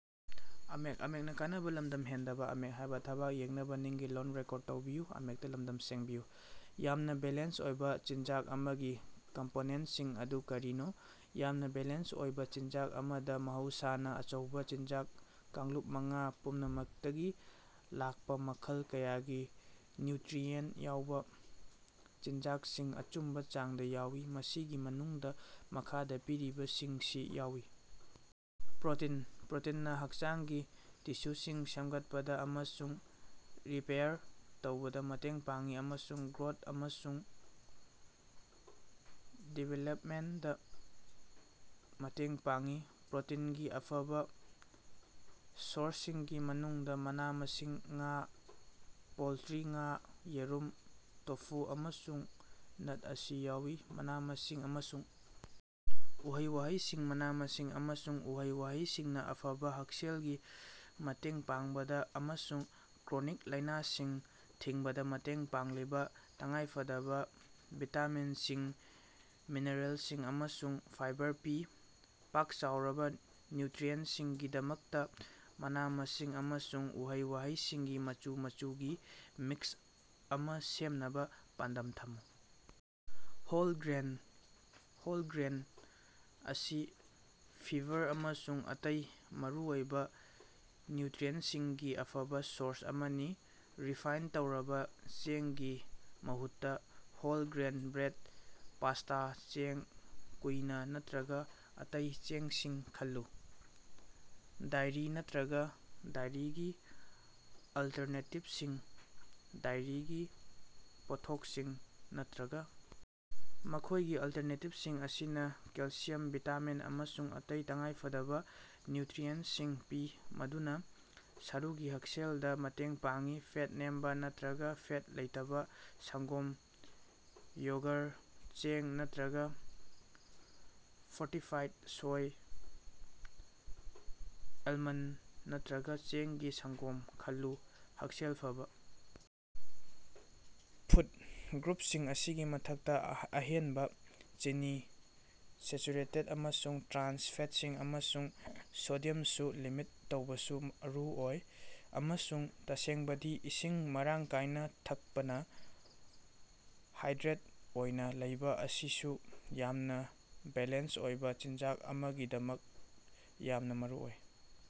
ꯌꯥꯝꯅ ꯕꯦꯂꯦꯟꯁ ꯑꯣꯏꯕ ꯆꯤꯟꯖꯥꯛ ꯑꯃꯒꯤ ꯀꯝꯄꯣꯅꯦꯟꯠꯁꯤꯡ ꯑꯗꯨ ꯀꯔꯤꯅꯣ? ꯌꯥꯝꯅ ꯕꯦꯂꯦꯟꯁ ꯑꯣꯏꯕ ꯆꯤꯟꯖꯥꯛ ꯑꯃꯗ ꯃꯍꯧꯁꯥꯅ ꯑꯆꯧꯕꯥ ꯆꯤꯟꯖꯥꯛ ꯀꯥꯡꯂꯨꯞ ꯃꯉꯥ ꯄꯨꯝꯅꯃꯛꯇꯒꯤ ꯂꯥꯛꯄꯥ ꯃꯈꯜ ꯀꯌꯥꯒꯤ ꯅ꯭ꯌꯨꯇꯔꯤꯑꯦꯟꯠ ꯌꯥꯎꯕ ꯆꯤꯟꯖꯥꯛꯁꯤꯡ, ꯑꯆꯨꯝꯕ ꯆꯥꯡꯗ ꯌꯥꯎꯏ꯫ ꯃꯁꯤꯒꯤ ꯃꯅꯨꯡꯗꯥ ꯃꯈꯥꯗ ꯄꯤꯔꯤꯕꯁꯤꯡꯁꯤ ꯌꯥꯎꯏ: ꯄ꯭ꯔꯣꯇꯤꯟ: ꯄ꯭ꯔꯣꯇꯤꯟꯅꯥ ꯍꯛꯆꯥꯡꯒꯤ ꯇꯤꯁꯨꯁꯤꯡ ꯁꯦꯝꯒꯠꯄꯗꯥ ꯑꯃꯁꯨꯡ ꯔꯤꯄꯦꯌꯥꯔ ꯇꯧꯕꯗ ꯃꯇꯦꯡ ꯄꯥꯡꯏ ꯑꯃꯁꯨꯡ ꯒ꯭ꯔꯣꯊ ꯑꯃꯁꯨꯡ ꯗꯤꯚꯦꯂꯞꯃꯦꯟꯠꯗꯥ ꯃꯇꯦꯡ ꯄꯥꯡꯏ꯫ ꯄ꯭ꯔꯣꯇꯤꯟꯒꯤ ꯑꯐꯕꯥ ꯁꯣꯔꯁꯁꯤꯡꯒꯤ ꯃꯅꯨꯡꯗ ꯃꯅꯥ ꯃꯁꯤꯡ, ꯉꯥ, ꯄꯣꯜꯇꯔꯤ, ꯉꯥ, ꯌꯦꯔꯨꯝ, ꯇꯣꯐꯨ, ꯑꯃꯁꯨꯡ ꯅꯠ ꯑꯁꯤ ꯌꯥꯎꯏ꯫ ꯃꯅꯥ-ꯃꯁꯤꯡ ꯑꯃꯁꯨꯡ ꯎꯍꯩ-ꯋꯥꯍꯩꯁꯤꯡ: ꯃꯅꯥ-ꯃꯁꯤꯡ ꯑꯃꯁꯨꯡ ꯎꯍꯩ-ꯋꯥꯍꯩꯁꯤꯡꯅ ꯑꯐꯕ ꯍꯛꯁꯦꯜꯒꯤ ꯃꯇꯦꯡ ꯄꯥꯡꯕꯗ ꯑꯃꯁꯨꯡ ꯀ꯭ꯔꯣꯅꯤꯛ ꯂꯥꯏꯅꯥꯁꯤꯡ ꯊꯤꯡꯕꯗ ꯃꯇꯦꯡ ꯄꯥꯡꯂꯤꯕ ꯇꯉꯥꯏꯐꯗꯕ ꯚꯤꯇꯥꯃꯤꯟꯁꯤꯡ, ꯃꯤꯅꯔꯦꯜꯁꯤꯡ ꯑꯃꯁꯨꯡ ꯐꯥꯏꯕꯔ ꯄꯤ꯫ ꯄꯥꯛ-ꯆꯥꯎꯔꯕ ꯅ꯭ꯌꯨꯇꯔꯤꯑꯦꯟꯠꯁꯤꯡꯒꯤꯗꯃꯛꯇ ꯃꯅꯥ ꯃꯁꯤꯡ ꯑꯃꯁꯨꯡ ꯎꯍꯩ-ꯋꯥꯍꯩꯁꯤꯡꯒꯤ ꯃꯆꯨ ꯃꯆꯨꯒꯤ ꯃꯤꯛꯁ ꯑꯃꯥ ꯁꯦꯝꯅꯕꯥ ꯄꯥꯟꯗꯝ ꯊꯝꯃꯨ꯫ ꯍꯣꯜ ꯒ꯭ꯔꯦꯟ: ꯍꯣꯜ ꯒ꯭ꯔꯦꯟ ꯑꯁꯤ ꯐꯤꯕꯔ ꯑꯃꯁꯨꯡ ꯑꯇꯩ ꯃꯔꯨꯑꯣꯏꯕꯥ ꯅ꯭ꯌꯨꯇꯔꯤꯑꯦꯟꯠꯁꯤꯡꯒꯤ ꯑꯐꯕꯥ ꯁꯣꯔꯁ ꯑꯃꯅꯤ꯫ ꯔꯤꯐꯥꯏꯟ ꯇꯧꯔꯕ ꯆꯦꯡꯒꯤ ꯃꯍꯨꯠꯇ ꯍꯣꯜ-ꯒ꯭ꯔꯦꯟ ꯕ꯭ꯔꯦꯗ, ꯄꯥꯁꯇꯥ, ꯆ‌ꯦꯡ, ꯀꯨꯏꯅꯥ ꯅꯠꯇꯔꯒ ꯑꯇꯩ ꯆꯦꯡꯁꯤꯡ ꯈꯜꯂꯨ꯫ ꯗꯥꯏꯔꯤ ꯅꯠꯇꯔꯒ ꯗꯥꯏꯔꯤꯒꯤ ꯑꯜꯇꯔꯅꯦꯇꯤꯚꯁꯤꯡ: ꯗꯥꯏꯔꯤꯒꯤ ꯄꯣꯠꯊꯣꯛꯁꯤꯡ ꯅꯠꯇꯔꯒꯥ ꯃꯈ‌ꯣꯏꯒꯤ ꯑꯜꯇꯔꯅꯦꯇꯤꯚꯁꯤꯡ ꯑꯁꯤꯅ ꯀꯦꯜꯁꯤꯌꯝ, ꯚꯤꯇꯥꯃꯤꯟ, ꯑꯃꯁꯨꯡ ꯑꯇꯩ ꯇꯉꯥꯏꯐꯗꯕꯥ ꯅ꯭ꯌꯨꯇꯔꯤꯑꯦꯟꯠꯁꯤꯡ ꯄꯤ, ꯃꯗꯨꯅ ꯁꯔꯨꯒꯤ ꯍꯛꯁꯦꯜꯗꯥ ꯃꯇꯦꯡ ꯄꯥꯡꯏ꯫ ꯐꯦꯠ ꯅꯦꯝꯕꯥ ꯅꯠꯇꯔꯒ ꯐꯦꯠ ꯂꯩꯇꯕ ꯁꯪꯒꯣꯝ, ꯌꯣꯒꯔ, ꯆꯦꯡ ꯅꯠꯇꯔꯒ ꯐꯣꯔꯇꯤꯐꯥꯏꯗ ꯁꯣꯏ, ꯑꯦꯜꯃꯟꯗ ꯅꯠꯇꯔꯒ ꯆꯦꯡꯒꯤ ꯁꯪꯒꯣꯝ ꯈꯜꯂꯨ꯫ ꯍꯛꯁꯦꯜ ꯐꯕꯥ ꯐꯨꯗ ꯒ꯭ꯔꯨꯞꯁꯤꯡ ꯑꯁꯤꯒꯤ ꯃꯊꯛꯇ, ꯑꯍꯦꯟꯕꯥ ꯆꯤꯅꯤ, ꯁꯦꯆꯨꯔꯦꯇꯦꯗ ꯑꯃꯁꯨꯡ ꯇ꯭ꯔꯥꯟꯁ ꯐꯦꯠꯁꯤꯡ, ꯑꯃꯁꯨꯡ ꯁꯣꯗꯤꯌꯝꯁꯨ ꯂꯤꯃꯤꯠ ꯇꯧꯕꯁꯨ ꯃꯔꯨꯑꯣꯏ꯫ ꯑꯃꯁꯨꯡ, ꯇꯁꯦꯡꯕꯗꯤ, ꯏꯁꯤꯡ ꯃꯔꯥꯡ ꯀꯥꯏꯅ ꯊꯛꯄꯅ ꯍꯥꯏꯗ꯭ꯔꯦꯠ ꯑꯣꯏꯅꯥ ꯂꯩꯕꯥ ꯑꯁꯤꯁꯨ ꯌꯥꯝꯅ ꯕꯦꯂꯦꯟꯁ ꯑꯣꯏꯕ ꯆꯤꯟꯖꯥꯛ ꯑꯃꯒꯤꯗꯃꯛ ꯌꯥꯝꯅ ꯃꯔꯨꯑꯣꯏ꯫